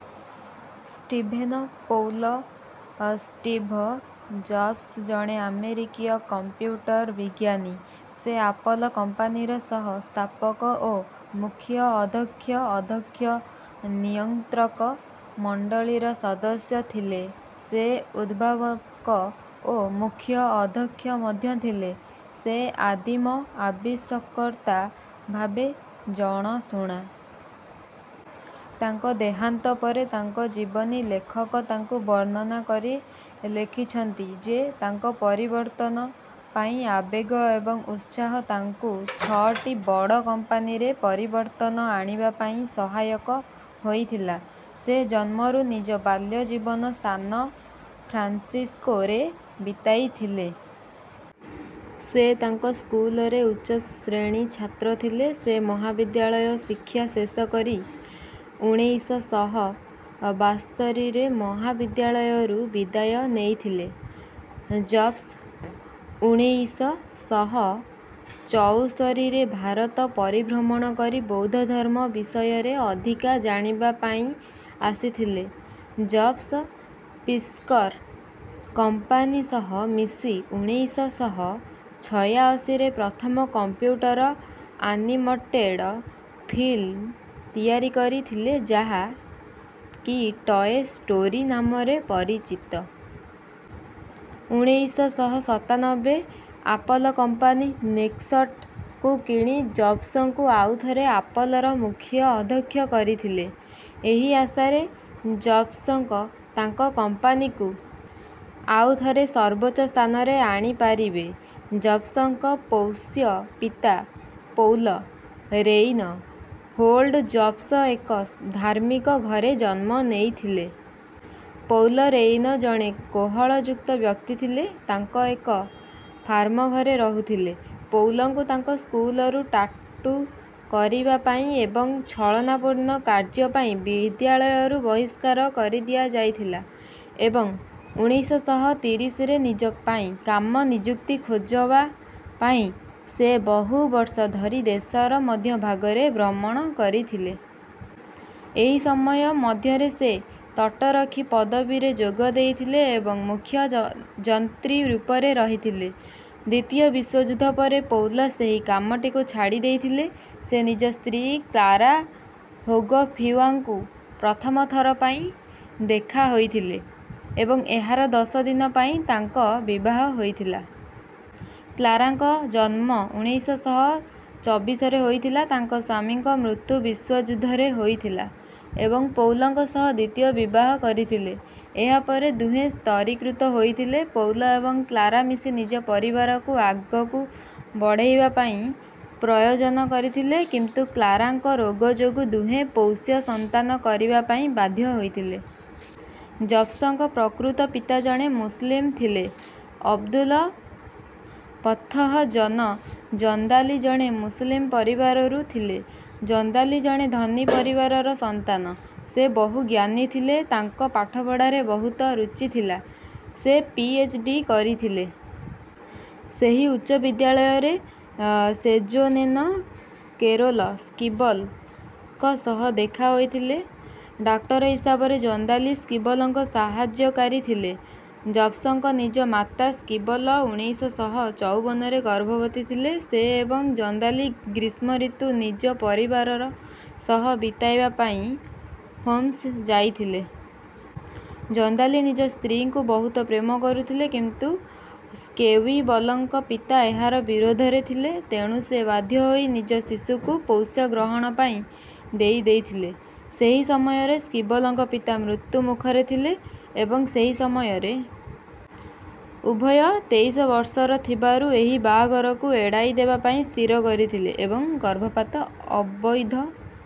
Steven Paul Steve Jobs ଜଣେ ଅମେରିକୀୟ computer ବିଜ୍ଞାନୀ। ସେ ଆପଲ କମ୍ପାନୀର ସହ ସ୍ଥାପକ ଓ ମୁଖ୍ୟ ଅଦ୍ଧକ୍ଷ ଅଦ୍ଧକ୍ଷ ନିୟଂତ୍ରକ ମଣ୍ଡଳିର ସଦସ୍ୟ ଥିଲେ। ସେ. ଉଦ୍ଭାବକ ଓ ମୁଖ୍ୟ ଅଧକ୍ଷ ମଧ୍ୟ ଥିଲେ। ସେ ଆଦିମ ଆବିଷକର୍ତା ଭାବେ ଜଣଶୁଣା। ତାଙ୍କ ଦେହାନ୍ତ ପରେ ତାଙ୍କ ଜୀବନୀ ଲେଖକ ତାଙ୍କୁ ବର୍ଣ୍ଣନା କରି ଲେଖିଛନ୍ତି ଯେ ତାଙ୍କ ପରିବର୍ତନ ପାଇଁ ଆବେଗ ଏବଂ ଉତ୍ସାହ ତାଙ୍କୁ ଛଅଟି ବଡ କମ୍ପାନୀରେ ପରିବର୍ତନ ଆଣିବା ପାଇଁ ସହାୟକ ହୋଇଥିଲା। ସେ ଜନ୍ମରୁ ନିଜ ବାଲ୍ୟ ଜୀବନ ସାନ ଫ୍ରାନ୍ସିସ୍କୋ ରେ ବିତାଇ ଥିଲେ। ସେ ତାଙ୍କ ସ୍କୁଲରେ ଉଚ୍ଚ ଶ୍ରେଣୀ ଛାତ୍ର ଥିଲେ। ସେ ମହାବିଦ୍ୟାଳୟ ଶିକ୍ଷା ଶେଷ କରି ଉଣେଇଶ ଶହ ବାସ୍ତରୀରେ ମହାବିଦ୍ୟାଳୟରୁ ବିଦାୟ ନେଇଥିଲେ। ଜବ୍ସ ଉଣେଇଶ ଶହ ଚଉସ୍ତରୀରେ ଭାରତ ପରିଭ୍ରମଣ କରି ବୋୖଦ୍ଧଧର୍ମ ବିଷୟରେ ଅଧିକା ଜାଣିବା ପାଇଁ ଆସିଥିଲେ। ଜବ୍ସ ପିକ୍ସର କମ୍ପାନୀ ସହ ମିଶି ଉଣେଇଶ ଶହ ଛୟାଅଶୀରେ ପ୍ରଥମ କମ୍ପୁଟର ଆନିମଟେଡ଼ ଫିଲ୍ମ ତିଆରି କରିଥିଲେଯାହା କି ଟଏ ଷ୍ଟୋରି ନାମରେ ପରିଚିତ। ଉଣେଇଶ ଶହ ସତାନବେ ଆପଲ କମ୍ପାନୀ ନେକ୍ସଟ୍ କୁ କିଣି ଜବ୍ସଙ୍କୁ ଆଉ ଥରେ ଆପଲର ମୁଖ୍ୟ ଅଧକ୍ଷ କରିଥିଲେ, ଏହି ଆଶାରେ ଯ ଜବ୍ସ ତାଙ୍କ କମ୍ପାନୀକୁ ଆଉ ଥରେ ସର୍ବୋଚ୍ଚ ସ୍ଥାନରେ ଆଣି ପାରିବେ। ଜବ୍ସଙ୍କ ପୋଷ୍ୟ ପିତା ପୌଲ ରେଇନ ହୋଲ୍ଡ଼ ଜବ୍ସ ଏକ ଧାର୍ମିକ ଘରେ ଜନ୍ମ ନେଇଥିଲେ। ପୌଲ ରେଇନ ଜଣେ କୋହଳଯୁକ୍ତ ବ୍ୟକ୍ତି ଥିଲେ। ତାଙ୍କ ଏକ ଫାର୍ମଘରେ ରହୁଥିଲେ। ପୌଲଙ୍କୁ ତାଙ୍କ ସ୍କୁଲରୁ ଟାଟୁ କରିବା ପାଇଁ ଏବଂ ଛଳନା ପୂର୍ଣ କାର୍ୟ୍ଯ ପାଇଁ ବିଦ୍ୟାଳୟରୁ ବହିଷ୍କାର କରିଦିଆ ଯାଇଥିଲା ଏବଂ ଉଣେଇଶ ଶହ ତିରିଶରେ ନିଜ ପାଇଁ କାମ ନିଯୁକ୍ତି ଖୋଜବା ପାଇଁ ସେ ବହୁ ବର୍ଷ ଧରି ଦେଶର ମଧ୍ୟ ଭାଗରେ ଭ୍ରମଣ କରିଥିଲେ। ଏହି ସମୟ ମଧ୍ୟରେ ସେ ତଟରକ୍ଷୀ ପଦବୀରେ ଯୋଗ ଦେଇଥିଲେ ଏବଂ ମୁଖ୍ୟ ଯନ୍ତ୍ରୀ ରୂପରେ ରହିଥିଲେ। ଦ୍ୱିତୀୟ ବିଶ୍ୱ ଯୁଦ୍ଧ ପରେ ପୌଲ ସେହି କାମ ଟିକୁ ଛାଡି ଦେଇଥିଲେ। ସେ ନିଜ ସ୍ତ୍ରୀ କ୍ଳାରା ହୋଗଫିୱାଂଙ୍କୁ ପ୍ରଥମ ଥର ପାଇଁ ଦେଖା ହୋଇଥିଲେ ଏବଂ ଏହାର ଦଶ ଦିନ ପାଇଁ ତାଙ୍କ ବିବାହ ହୋଇଥିଲ। କ୍ଳାରାଙ୍କ ଜନ୍ମ ଉଣେଇଶ ଶହ ଚବିଶରେ ହୋଇ ଥିଲା। ତାଙ୍କ ସ୍ୱାମୀଙ୍କ ମୃତ୍ୟୁ ବିଶ୍ୱଯୁଦ୍ଧରେ ହୋଇଥିଲା ଏବଂ ପୌଲଙ୍କ ସହ ଦ୍ୱିତୀୟ ବିବାହ କରିଥିଲେ। ଏହାପରେ ଦୁହେଁ ସ୍ଥରୀକୃତ ହୋଇଥିଲେ। ପୌଲ ଏବଂ କ୍ଳାରା ମିଶି ନିଜ ପରିବାରକୁ ଆଗକୁ ବଢାଇବା ପାଇଁ ପ୍ରୟୋଜନ କରିଥିଲେ କିନ୍ତୁ କ୍ଳାରାଙ୍କ ରୋଗ ଯୋଗୁଁ ଦୁହେଁ ପୋଷ୍ୟ ସନ୍ତାନ କରିବା ପାଇଁ ବାଧ୍ୟ ହୋଇଥିଲେ। ଜବ୍ସଙ୍କ ପ୍ରକୃତ ପିତା ଜଣେ ମୁସଲିମ ଥୁଲେ। ଅବଦୁଲ ପତ୍ଥହ ଜନ ଜନ୍ଦାଲି ଜଣେ ମୁସଲିମ ପରିବାରରୁ ଥିଲେ। ଜନ୍ଦାଲି ଜଣେ ଧନୀ ପରିବାରର ସନ୍ତାନ। ସେ ବହୁତ ଜ୍ଞାନୀ ଥିଲେ। ତାଙ୍କ ପାଠପଢ଼ାରେ ବହୁତ ରୁଚି ଥିଲା। ସେ ପି. ଏଚ. ଡି କରିଥିଲେ। ସେହି ଉଚ୍ଚ ମହାବିଦ୍ୟାଳୟରେ ସେଯୋନେନ କେରୋଲ ସ୍କିବଲ ଙ୍କ ସହ ଦେଖା ହୋଇଥିଲେ। ଡାକ୍ତର ହିସାବରେ ଜନ୍ଦାଲି ସ୍କିବଲଙ୍କ ସହାଯ୍ୟକାରୀ ଥିଲେ। ଜବ୍ସଙ୍କ ନିଜ ମାତା ସ୍କିବଲ ଉଣେଇଶ ଶହ ଚଉବନରେ ଗର୍ଭବତୀ ଥିଲେ। ସେ ଏବଂ ଜନ୍ଦାଲି ଗ୍ରୀଷ୍ମୠତୁ ନିଜ ପରିବାର ସହ ବିତାଇବା ପାଇଁ ହୋମ୍ସ ଯାଇଥିଲେ। ଜନ୍ଦାଲି ନିଜ ସ୍ତ୍ରୀଙ୍କୁ ବହୁତ ପ୍ରେମ କରୁଥିଲେ କିନ୍ତୁ ସ୍କେୱିବଲଙ୍କ ପିତା ଏହାର ବିରୋଧରେ ଥିଲେ। ତେଣୁ ସେ ବାଧ୍ୟ ହୋଇ ନିଜ ଶିଶୁକୁ ପୋଷ୍ୟ ଗ୍ରହଣ ପାଇଁ ଦେଇ ଦେଇଥିଲେ। ସେହି ସମୟରେ ସ୍କିବଲଙ୍କ ପିତା ମୃତ୍ୟୁ ମୁଖରେ ଥିଲେ। ଏବଂ ସେହି ସମୟରେ ଉଭୟ ତେଇଶ ବର୍ଷର ଥିବାରୁ ଏହି ବାହାଘରକୁ ଏଡାଇ ଦେବା ପାଇଁ ସ୍ଥିର କରିଥିଲେ ଏବଂ ଗର୍ଭପାତ ଅବୈଧ